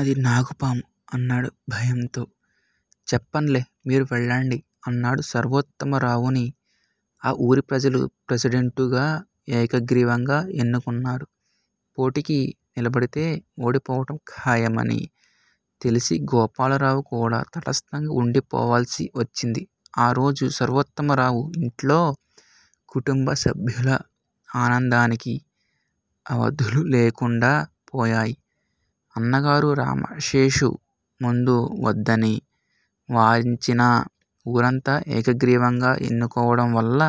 అది నాగుపాము అన్నాడు భయంతో. చెప్పన్లే! మీరు వెళ్ళండి అన్నాడు. సర్వోత్తమరావుని ఆ వూరి ప్రజలు ప్రెసిడెంటుగా ఏకగ్రీవంగా ఎన్నుకున్నారు. పోటికి నిలబడితే ఓడిపోవటం ఖాయమని తెలిసి గోపాలరావు కూడా తటస్థంగా వుండిపోవాల్సి వచ్చింది. ఆరోజు సర్వోత్తమరావు ఇంట్లో కుటుంబసభ్యుల ఆనందానికి అవధులులేకుండా పోయాయి. అన్నగారు రామశేషు ముందు వద్దని వారించినా ఊరంతా ఏకగ్రీవంగా ఎన్నుకోవడం వల్ల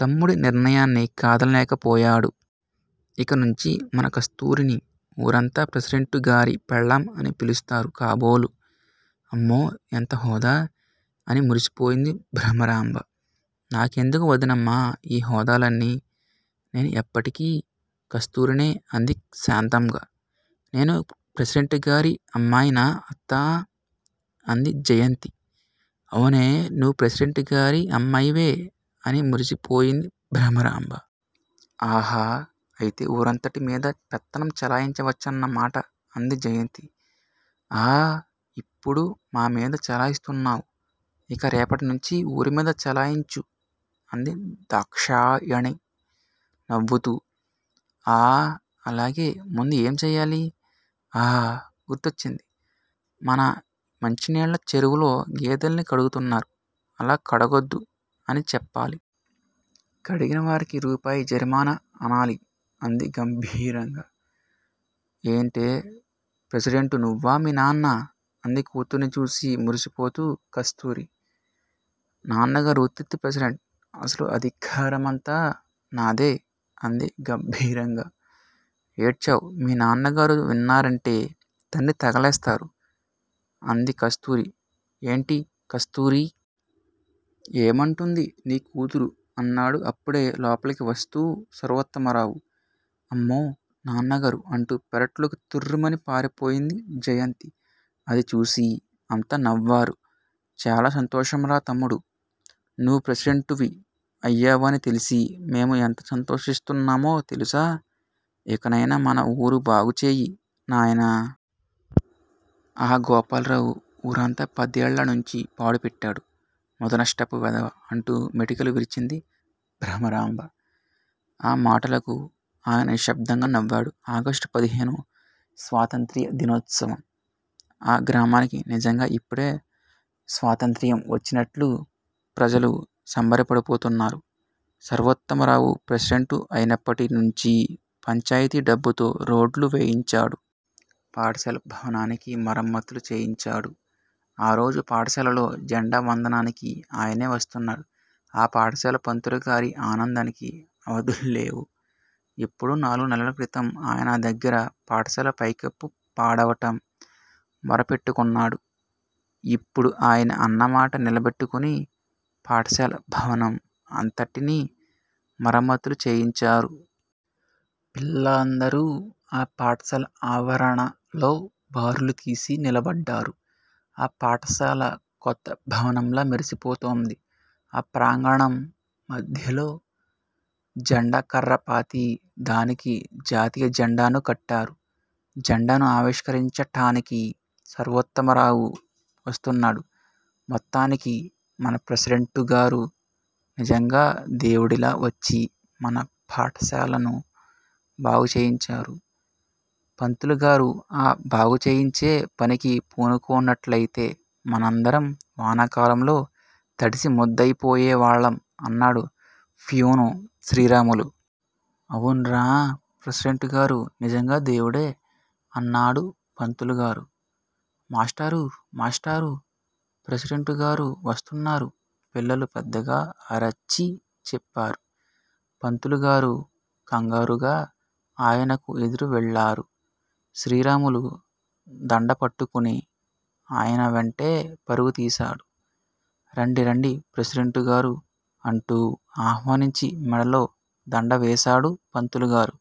తమ్ముడి నిర్ణయాన్ని కాదనలేకపోయాడు. ఇక నుంచి మన కస్తూరిని ఊరంతా ప్రెసిడెంటుగారి పెళ్ళాం అని పిలుస్తారు కాబోలు! అమ్మో ఎంత హోదా! అని మురిసిపోయింది భ్రమరాంబ. నాకెందుకు వదినమ్మా ఈ హోదాలన్నీ నేను ఎప్పటికి కస్తురినే అంది శాంతంగా. నేను ప్రెసిడెంటుగారి అమ్మాయినా అత్తా?! అంది జయంతి. అవునే నువ్వు ప్రెసిడెంటుగారి అమ్మాయివే అని మురిసిపోయింది భ్రమరాంబ. ఆహా! అయితే ఊరంతటిమీద పెత్తనం చెలాయించవచ్చునమాట అంది జయంతి. ఆ ఇప్పుడు మామీద చెలాయిస్తున్నావు. ఇక రేపటినుంచి ఊరుమీద చెలాయించు అంది దాక్షాయణి నవ్వుతూ. ఆ అలాగే, ముందు ఏం చేయాలి? ఆ! గుర్తొచ్చింది. మన మంచినీళ్ళ చెరువులో గేదెల్ని కడుగుతున్నారు. అలా కడగొద్దు అని చెప్పాలి. కడిగిన వారికీ రూపాయి జరిమానా అనాలి అంది గంభీరంగా. ఏంటే! ప్రెసిడెంటునువ్వా, మీ నాన్నా? అంది కూతుర్ని చూసి మురిసిపోతూ కస్తూరి. నాన్నగారు ఉత్తిత్తి ప్రెసిడెంట్ అసలు అధికారమంతా నాదే అంది గంభీరంగా. ఏడ్చావ్! మీ నాన్నగారు విన్నారంటే తన్ని తగలేస్తారు అంది కస్తూరి. ఏంటి కస్తూరి! ఏమంటుంది నీ కూతురు? అన్నాడు అప్పుడే లోపలికి వస్తూ సర్వోత్తమరావు. అమ్మో! నాన్నగారు అంటూ పెరట్లోకి తుర్రుమని పారిపోయింది జయంతి. అది చూసి అంతా నవ్వారు. చాలా సంతోషంరా తమ్ముడూ. నువ్వు ప్రెసిడెంటువి అయ్యావని తెలిసి మేము ఎంత సంతోషిస్తున్నామో తెలుసా? ఇకనైనా మన ఊరు బాగుచేయి నాయనా. ఆ గోపాలరావు ఊరంతా పదేళ్ళనుంచి పాడు పెట్టాడు. ముదనష్టపు వెధవ అంటూ మెటికలు విరిచింది భ్రమరాంబ. ఆ మాటలకు అయన నిశ్శబ్దంగా నవ్వాడు. ఆగస్టు పదిహేను స్వాతంత్ర్య దినోత్సవం. ఆ గ్రామానికి నిజంగా ఇప్పుడే స్వాతంత్ర్యం వచ్చినట్లు ప్రజలు సంబరపడిపోతున్నారు. సర్వోత్తమరావు ప్రెసిడెంటు అయినప్పటి నుంచి పంచాయితీ డబ్బుతో రోడ్లు వేయించాడు. పాఠశాల భవనానికి మరమత్తులు చేయించాడు. ఆరోజు పాఠశాలలో జెండా వందనానికి ఆయనే వస్తున్నాడు. ఆ పాఠశాల పంతులుగారి ఆనందానికి అవధుల్లేవు. ఎప్పుడో నాలుగు నెలల క్రితం అయన దగ్గిర పాఠశాల పైకప్పు పాడవటం మొరపెట్టుకున్నాడు. ఇప్పుడు అయన అన్నమాట నిలబెట్టుకుని పాఠశాల భవనం అంతటిని మరమత్తులు చేయించారు. పిల్లలందరూ ఆ పాఠశాల ఆవరణలో బారులుతీసి నిలబడ్డారు. ఆ పాఠశాల కొత్త భవనంలా మెరిసిపోతోంది. ఆ ప్రాంగణం మధ్యలో జెండా కర్రపాతి దానికి జాతీయజెండాను కట్టారు. జెండాను ఆవిష్కరించటానికి సర్వోత్తమరావు వస్తున్నాడు. మొత్తానికి మన ప్రెసిడెంటుగారు నిజంగా దేవుడిలా వచ్చి మన పాఠశాలను బాగుచేయించారు, పంతులుగారు ఆ బాగుచేయించే పనికి పునుకోనట్లయితే మనందరం వానాకాలంలో తడిసి ముద్దయిపోయేవాళ్ళం అన్నాడు ఫ్యూను శ్రీరాములు. అవున్రా! ప్రెసిడెంటుగారు నిజంగా దేవుడే అన్నాడు పంతులుగారు. మాస్టారు మాస్టారు! ప్రెసిడెంటుగారు వస్తున్నారు పిల్లలు పెద్దగా అరిచి చెప్పారు. పంతులుగారు కంగారుగా ఆయనకు ఎదురు వెళ్ళారు, శ్రీరాములు దండపట్టుకుని అయన వెంటే పరుగుతీశాడు. రండి రండి ప్రెసిడెంటుగారూ అంటూ ఆహ్వానించి మెడలో దండ వేశాడు పంతులుగారు.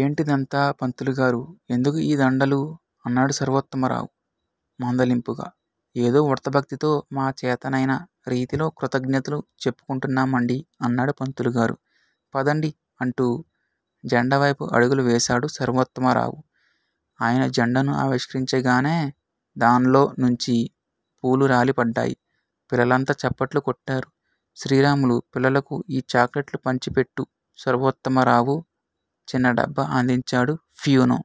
ఏంటిదంతా పంతులుగారు ఎందుకు ఈ దండలు? అన్నాడు సర్వోత్తమరావు మందలింపుగా. ఏదో ఉడతాభక్తితో మా చేతనైన రీతిలో కృతజ్ఞతలు చెప్పుకుంటున్నామండి అన్నాడు పంతులుగారు. పదండి అంటూ జెండావైపు అడుగులు వేశాడు సర్వోత్తమరావు. అయన జెండాను ఆవిష్కరించగానే దాన్లోనుంచి పూలురాలిపడ్డాయి. పిల్లలంతా చప్పట్లు కొట్టారు. శ్రీరాములు! పిల్లలకు ఈ చాక్లెట్లు పంచిపెట్టు సర్వోత్తమరావు చిన్న డబ్బా అందించాడు. ఫ్యూను